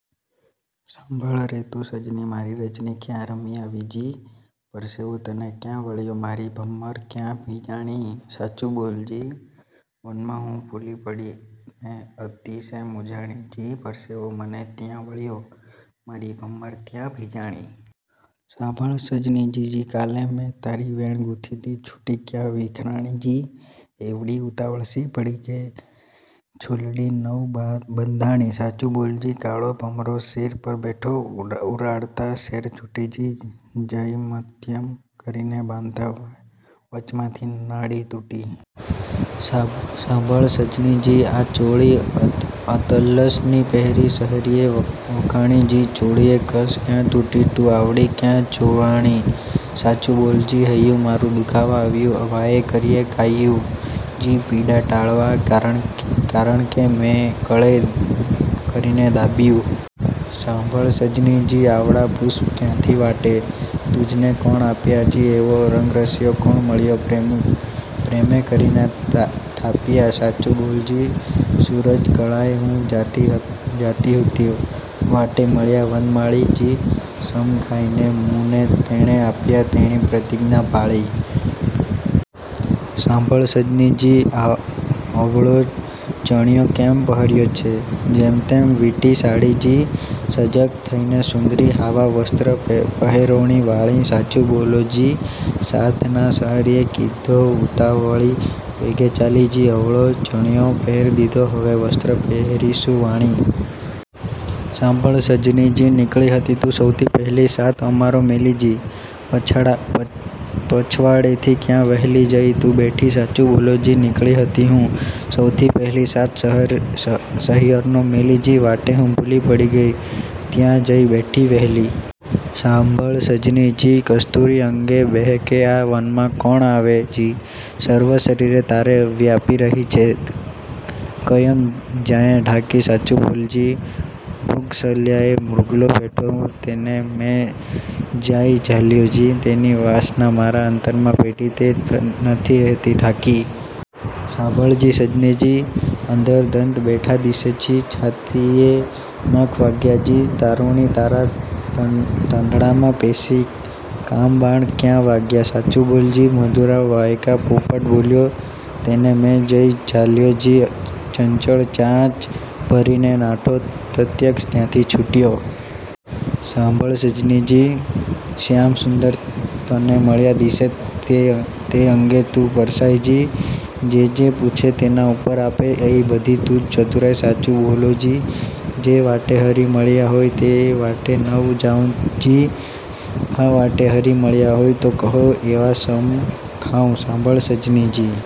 સાંભળ રે તું સજની! મારી, રજની ક્યાં રમી આવી જી? પરસેવો તને ક્યાં વળ્યો? તારી ભમ્મર ક્યાં ભીંજાણી? સાચું બોલો જી! વનમાં હું તો ભૂલી પડી ને અતિશે મૂંઝાણી જી; પરસેવો મને ત્યાં વળ્યો મારી ભમ્મર ત્યાં ભીંજાણી. સાંભળ સજની જી! કાલ મેં તારી વેણ ગૂંથી તી છૂટી ક્યાં વિખરાણી જી? એવડી ઉતાવળ શી પડી છે કે ઝૂલડી નવ બંધાણી? સાચું બોલો જી! કાળો તે ભમરો શિર પર બેઠો, ઉરાડતાં સેર છૂટી જી, જ્યમત્યમ કરીને બાંધતાં વચમાંથી નાડી તૂટી. સાંભળ સજની જી! આ ચોળી અતલસ ની પહેરી, સહિયરે વખાણી જી; ચોળીની કસ ક્યાં તૂટી? તું આવડી ક્યાં ચોળાણી? સાચું બોલો જી! હૈયું મારું દુખવા આવ્યું, વાએ કરીને કાપ્યું જી, પીડા ટાળવા કારણે મેં કળે કરીને દાબ્યું. સાંભળ સજની જી! આવડાં પુષ્પ ક્યાંથી વાટે તુજને કોણે આપ્યાં જી? એવો રંગરસિયો કોણ મળિયો? પ્રેમે કરીને થાપ્યાં. સાચું બોલો જી! સૂરજકળાએ હું જાતી હુતી, વાટે મળ્યા વનમાળી જી, સમ ખાઈને મુને તેણે આપ્યાં, તેની પ્રતિજ્ઞા પાળી. સાંભળ સજની જી! અવળો ચણિયો કેમ પહેર્યો છે? જેમતેમ વીંટી સાડી જી, સજક થઈને સુંદરી! હાવાં વસ્ત્ર પહેરોની વાળી. સાચું બોલો જી! સાથ ના સહિયરે કીધો, ઉતાવળી વેગે ચાલી જી, અવળો ચણિયો પહેરી દીધો, હવે વસ્ત્ર પહેરીશું વાળી. સાંભળ સજની જી! નીકળી હતી તું સૌથી પહેલી સાથ અમારો મેલી જી, પછવાડેથી ક્યાંથી વહેલી જઈને તું બેઠી? સાચું બોલો જી! નીકળી હતી હું સૌથી પહેલી સાથ સહિયરનો મેલી જી. વાટે હું ભૂલી પડી ગઈ, ત્યહાં જઈ બેઠી વ્હેલી. સાંભળ સજની જી! કસ્તૂરી અંગે બ્હેકે છે, આ વનમાં કોણ આવે જી? સર્વ શરીરે તારે વ્યાપી રહી છે તે ક્યમ જાયે ઢાંકી? સાચું બોલો જી! મૃગશલ્યાએ મૃગલો બેઠો તેને મેં જઈ ઝાલ્યો જી, તેની વાસના મારા અંતરમાં પેઠી, તે નથી રહેતી ઢાંકી. સાંભળ સજની જી! અધર દંત બેઠા દીસે છે, છાતીએ નખ વાગ્યા જી, તારુણી! તારા તનડામાં પેસી કામબાણ ક્યાં વાગ્યાં? સાચું બોલો જી! 'મધુરાં વાયક પોપટ બોલ્યો, તેને મેં જઈ ઝાલ્યો જી, ચંચળ ચાંચ ભરીને નાઠો, તત્ક્ષણ ત્યાંથી છૂટ્યો. સાંભળ સજની જી! શ્યામસુંદર તને મળ્યા દીસે છે તે અંગે તું પસરાઈ જી, જે જે પૂછું તેના ઉત્તર આપે એ બધી તુજ ચતુરાઈ! સાચું બોલો જી! જે વાટે હરિ મળિયા હોયે તે વાટે નવ જાઉં જી, આ વાટે હરિ મળિયા હોય તો કહો તેવા સમ ખાઉં. સાંભળ સજની જી!